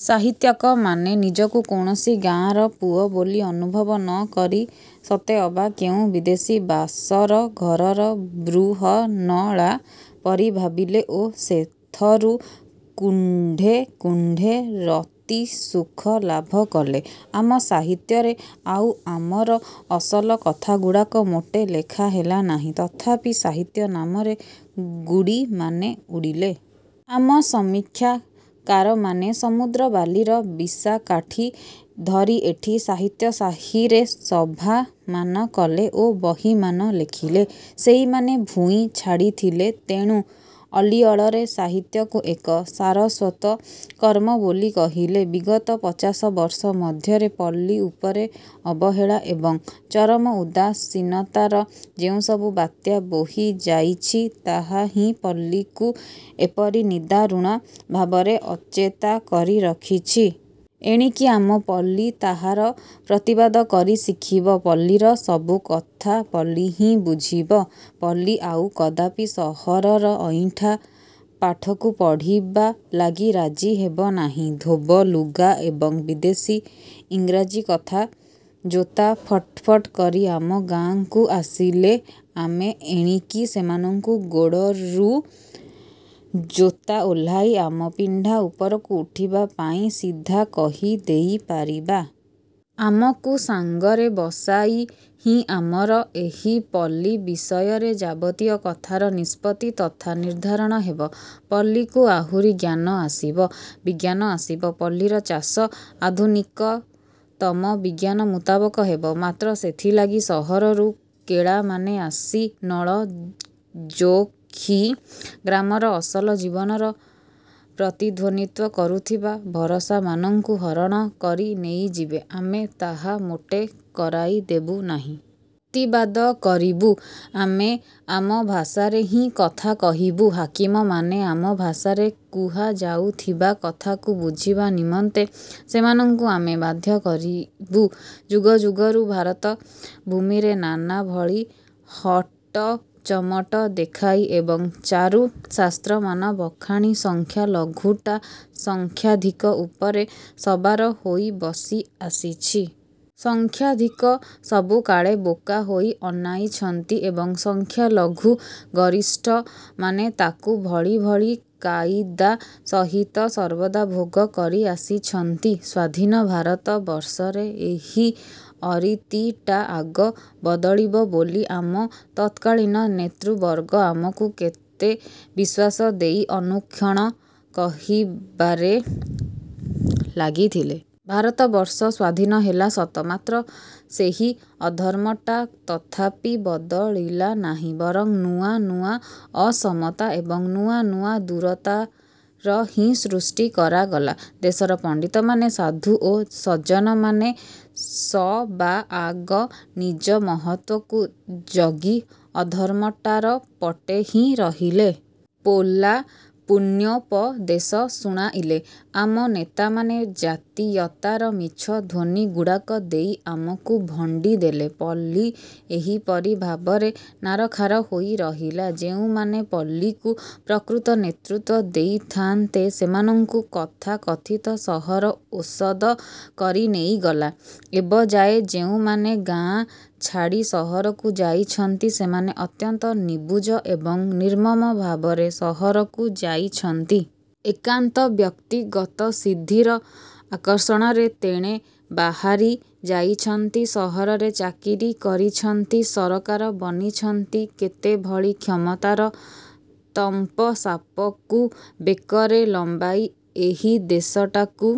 ସାହିତ୍ୟିକମାନେ ନିଜକୁ କୌଣସି ଗାଆଁର ପୁଅ ବୋଲି ଅନୁଭବ ନକରି ସତେଅବା କେଉଁ ବିଦେଶୀ ବାସରଘରର ଵୃହନ୍ନଳା ପରି ଭାବିଲେ ଓ ସେଥରୁ କୁଣ୍ଢେ କୁଣ୍ଢେ ରତିସୁଖ ଲାଭ କଲେ। ଆମ ସାହିତ୍ୟରେ ଆଉ ଆମର ଅସଲ କଥାଗୁଡ଼ାକ ମୋଟେ ଲେଖା ହେଲା ନାହିଁ। ତଥାପି ସାହିତ୍ୟ ନାମରେ ଗୁଡ଼ିମାନେ ଉଡ଼ିଲେ। ଆମ ସମୀକ୍ଷାକାରମାନେ ସମୁଦ୍ରବାଲିର ବିଶାକାଠି ଧରି ଏଠି ସାହିତ୍ୟ ସାହିରେ ସଭାମାନ କଲେ ଓ ବହିମାନ ଲେଖିଲେ। ସେଇମାନେ ଭୂଇଁ ଛାଡ଼ିଥିଲେ, ତେଣୁ ଅଲିଅଳରେ ସାହିତ୍ୟକୁ ଏକ ସାରସ୍ଵତ କର୍ମ ବୋଲି କହିଲେ। ବିଗତ ପଚାଶ ବର୍ଷ ମଧ୍ୟରେ ପଲ୍ଲୀ ଉପରେ ଅବହେଳା ଏବଂ ଚରମ ଉଦାସୀନତାର ଯେଉଁସବୁ ବାତ୍ୟା ବୋହି ଯାଇଛି, ତାହା ହିଁ ପଲ୍ଲୀକୁ ଏପରି ନିଦାରୁଣ ଭାବରେ ଅଚେତା କରି ରଖିଛି। ଏଣିକି ଆମ ପଲ୍ଲୀ ତାହାର ପ୍ରତିବାଦ କରି ଶିଖିବ। ପଲ୍ଲୀର ସବୁକଥା ପଲ୍ଲୀ ହିଁ ବୁଝିବ। ପଲ୍ଲୀ ଆଉ କଦାପି ସହରର ଅଇଁଠା ପାଠକୁ ପଢ଼ିବା ଲାଗି ରାଜି ହେବ ନାହିଁ। ଧୋବ ଲୁଗା ଏବଂ ବିଦେଶୀ ଇଂରାଜୀ କଥା ଜୋତା ଫଟ୍ ଫଟ୍ କରି ଆମ ଗାଆଁକୁ ଆସିଲେ ଆମେ ଏଣିକି ସେମାନଙ୍କୁ ଗୋଡ଼ରୁ ଜୋତା ଓହ୍ଲାଇ ଆମ ପିଣ୍ଡା ଉପରକୁ ଉଠିବା ପାଇଁ ସିଧା କହି ଦେଇ ପାରିବା-। ଆମକୁ ସାଙ୍ଗରେ ବସାଇ ହିଁ ଆମର ଏହି ପଲ୍ଲୀ ବିଷୟରେ ଯାବତୀୟ କଥାର ନିଷ୍ପତ୍ତି ତଥା ନିର୍ଦ୍ଧାରଣ ହେବ। ପଲ୍ଲୀକୁ ଆହୁରି ଜ୍ଞାନ ଆସିବ, ବିଜ୍ଞାନ ଆସିବ, ପଲ୍ଲୀର ଚାଷ ଆଧୁନିକତମ ବିଜ୍ଞାନ ମୁତାବକ ହେବ। ମାତ୍ର ସେଥିଲାଗି ସହରରୁ କେଳାମାନେ ଆସି ନଳ ଯୋଖି ଗ୍ରାମର ଅସଲ ଜୀବନର ପ୍ରତିନିଧିତ୍ଵ କରୁଥିବା ଭରସାମାନଙ୍କୁ ହରଣ କରି ନେଇଯିବେ, ଆମେ ତାହା ମୋଟେ କରାଇ ଦେବୁ ନାହିଁ। ପ୍ରତିବାଦ କରିବୁ। ଆମେ ଆମ ଭାଷାରେ ହିଁ କଥା କହିବୁ। ହାକିମମାନେ ଆମ ଭାଷାରେ କୁହାଯାଉଥିବା କଥାକୁ ବୁଝିବା ନିମନ୍ତେ ସେମାନଙ୍କୁ ଆମେ ବାଧ୍ୟ କରିବୁ। ଯୁଗ ଯୁଗରୁ ଭାରତଭୂମିରେ ନାନା ଭଳି ହଟଚମଟ ଦେଖାଇ ଏବଂ ଚାରୁ ଶାସ୍ତ୍ରମାନ ବଖାଣି ସଂଖ୍ୟାଲଘୁଟା ସଂଖ୍ୟାଧିକ ଉପରେ ସବାର ହୋଇ ବସି ଆସିଛି। ସଂଖ୍ୟାଧିକ ସବୁକାଳେ ବୋକା ହୋଇ ଅନାଇଛନ୍ତି ଏବଂ ସଂଖ୍ୟାଲଘୁ ଗରିଷ୍ଠମାନେ ତାକୁ ଭଳି ଭଳି କାଇଦା ସହିତ ସର୍ବଦା ଭୋଗ କରି ଆସିଛନ୍ତି। ସ୍ୱାଧୀନ ଭାରତବର୍ଷରେ ଏହି ଅରୀତିଟା ଆଗ ବଦଳିବ ବୋଲି ଆମ ତତ୍କାଳୀନ ନେତୃବର୍ଗ ଆମକୁ କେତେ ବିଶ୍ୱାସ ଦେଇ ଅନୁକ୍ଷଣ କହିବାରେ ଲାଗିଥିଲେ। ଭାରତବର୍ଷ ସ୍ଵାଧୀନ ହେଲା ସତ, ମାତ୍ର ସେହି ଅଧର୍ମଟା ତଥାପି ବଦଳିଲା ନାହିଁ। ବରଂ ନୂଆ ନୂଆ ଅସମତା ଏବଂ ନୂଆ ନୂଆ ଦୂରତାର ହିଁ ସୃଷ୍ଟି କରାଗଲା। ଦେଶର ପଣ୍ଡିତମାନେ, ସାଧୁ ଓ ସଜ୍ଜନମାନେ ସବାଆଗ ନିଜ ମହତକୁ ଜଗି ଅଧର୍ମଟାର ପଟେ ହିଁ ରହିଲେ। ପୋଲା ପୁଣ୍ୟୋପଦେଶ ଶୁଣାଇଲେ। ଆମ ନେତାମାନେ ଜାତୀୟତାର ମିଛ ଧ୍ୱନିଗୁଡ଼ାକ ଦେଇ ଆମକୁ ଭଣ୍ଡି ଦେଲେ। ପଲ୍ଲୀ ଏହିପରି ଭାବରେ ନାରଖାର ହୋଇ ରହିଲା। ଯେଉଁମାନେ ପଲ୍ଲୀକୁ ପ୍ରକୃତ ନେତୃତ୍ଵ ଦେଇଥାନ୍ତେ, ସେମାନଙ୍କୁ ତଥାକଥିତ ସହର ଓଷଦ କରି ନେଇଗଲା। ଏବଯାଏ ଯେଉଁମାନେ ଗାଆଁ ଛାଡ଼ି ସହରକୁ ଯାଇଛନ୍ତି, ସେମାନେ ଅତ୍ୟନ୍ତ ନିବୁଜ ଏବଂ ନିର୍ମମ ଭାବରେ ସହରକୁ ଯାଇଛନ୍ତି। ଏକାନ୍ତ ବ୍ୟକ୍ତିଗତ ସିଦ୍ଧିର ଆକର୍ଷଣରେ ତେଣେ ବାହାରି ଯାଇଛନ୍ତି। ସହରରେ ଚାକିରି କରିଛନ୍ତି, ସରକାର ବନିଛନ୍ତି, କେତେଭଳି କ୍ଷମତାର ତମ୍ପସାପକୁ ବେକରେ ଲମ୍ବାଇ ଏହି ଦେଶଟାକୁ